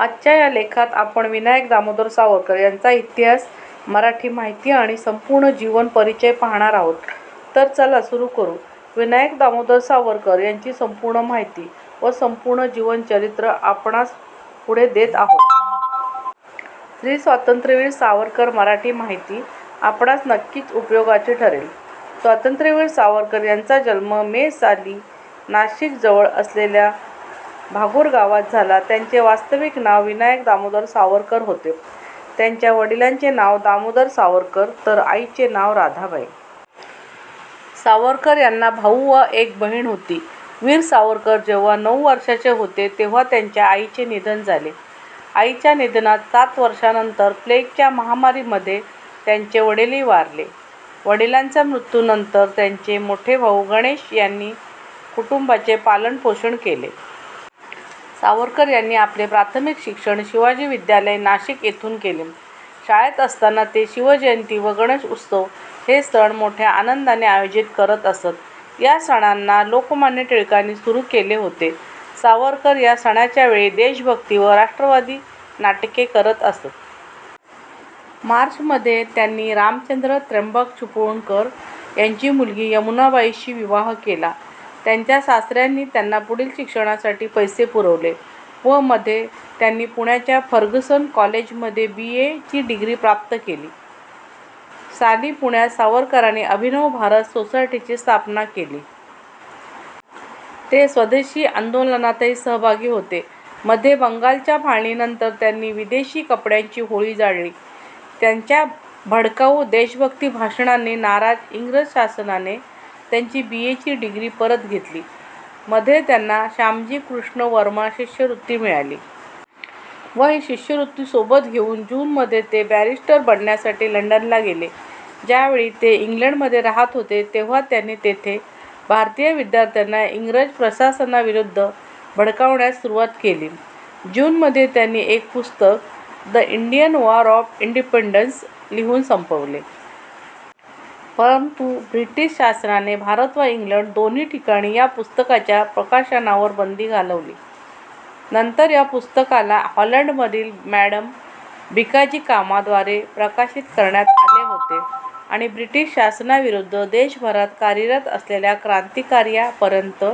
आजच्या या लेखात आपण विनायक दामोदर सावरकर यांचा इतिहास, मराठी माहिती आणि संपूर्ण जीवन परिचय पाहणार आहोत. तर चला सुरू करू... विनायक दामोदर सावरकर यांची संपूर्ण माहिती व संपूर्ण जीवन चरित्र आपणास पुढे देत आहोत. ही स्वातंत्र्यवीर सावरकर मराठी माहिती आपणास नक्कीच उपयोगाची ठरेल. स्वातंत्र्यवीर सावरकर यांचा जन्म मे साली नाशिक जवळ असलेल्या भागुर गावात झाला. त्यांचे वास्तविक नाव विनायक दामोदर सावरकर होते. त्यांच्या वडिलांचे नाव दामोदर सावरकर तर आईचे नाव राधाबाई. सावरकर यांना भाऊ व एक बहिण होती. वीर सावरकर जेव्हा नऊ वर्षाचे होते तेव्हा त्यांच्या आईचे निधन झाले. आईच्या निधनाच्या सात वर्षानंतर प्लेग च्या महामारी मध्ये त्यांचे वडीलही वारले. वडिलांचा मृत्यू नंतर त्यांचे मोठे भाऊ गणेश यांनी कुटुंबाचे पालनपोषण केले. सावरकर यांनी आपले प्राथमिक शिक्षण शिवाजी विद्यालय, नाशिक येथून केले. शाळेत असताना ते शिवजयंती व गणेश उत्सव हे सण मोठ्या आनंदाने आयोजित करत असत. या सणांना लोकमान्य टिळकांनी सुरू केले होते. सावरकर या सणाच्या वेळी देशभक्ती व राष्ट्रवादी नाटके करत असत. मार्च मध्ये त्यांनी रामचंद्र त्र्यंबक चिपळूणकर यांची मुलगी यमुनाबाई शी विवाह केला. त्यांच्या सासऱ्यानी त्यांना पुढील शिक्षणासाठी पैसे पुरवले. व मध्ये त्यांनी पुण्याच्या फर्ग्युसन कॉलेजमध्ये बीए ची डिग्री प्राप्त केली. साली पुण्यात सावरकरांनी अभिनव भारत सोसायटीची स्थापना केली. ते स्वदेशी आंदोलनातही सहभागी होते. मध्ये बंगालच्या फाळणीनंतर त्यांनी विदेशी कपड्यांची होळी जाळली. त्यांच्या भडकाऊ देशभक्ती भाषणांनी नाराज, इंग्रज शासनाने त्यांची बी ए ची डिग्री परत घेतली. मध्ये त्यांना श्यामजी कृष्ण वर्मा शिष्यवृत्ती मिळाली. व ही शिष्यवृत्ती सोबत घेऊन जून मध्ये ते बॅरिस्टर बनण्यासाठी लंडनला गेले. ज्यावेळी ते इंग्लंड मध्ये राहत होते तेव्हा त्यांनी तेथे भारतीय विद्यार्थ्यांना इंग्रज प्रशासनाविरुद्ध भडकावण्यास सुरुवात केली. जून मध्ये त्यांनी एक पुस्तक ' the Indian war of independence ' लिहून संपवले. परंतु ब्रिटिश शासनाने भारत व इंग्लंड दोघी ठिकाणी या पुस्तकाच्या प्रकाशनावर बंदी घालवली. नंतर या पुस्तकाला हॉलंड मधील मॅडम भीकाजिकामा द्वारे प्रकाशित करण्यात आले होते. आणि ब्रिटिश शासनाविरुद्ध देशभरात कार्यरत असलेल्या क्रांतिकार्या पर्यंत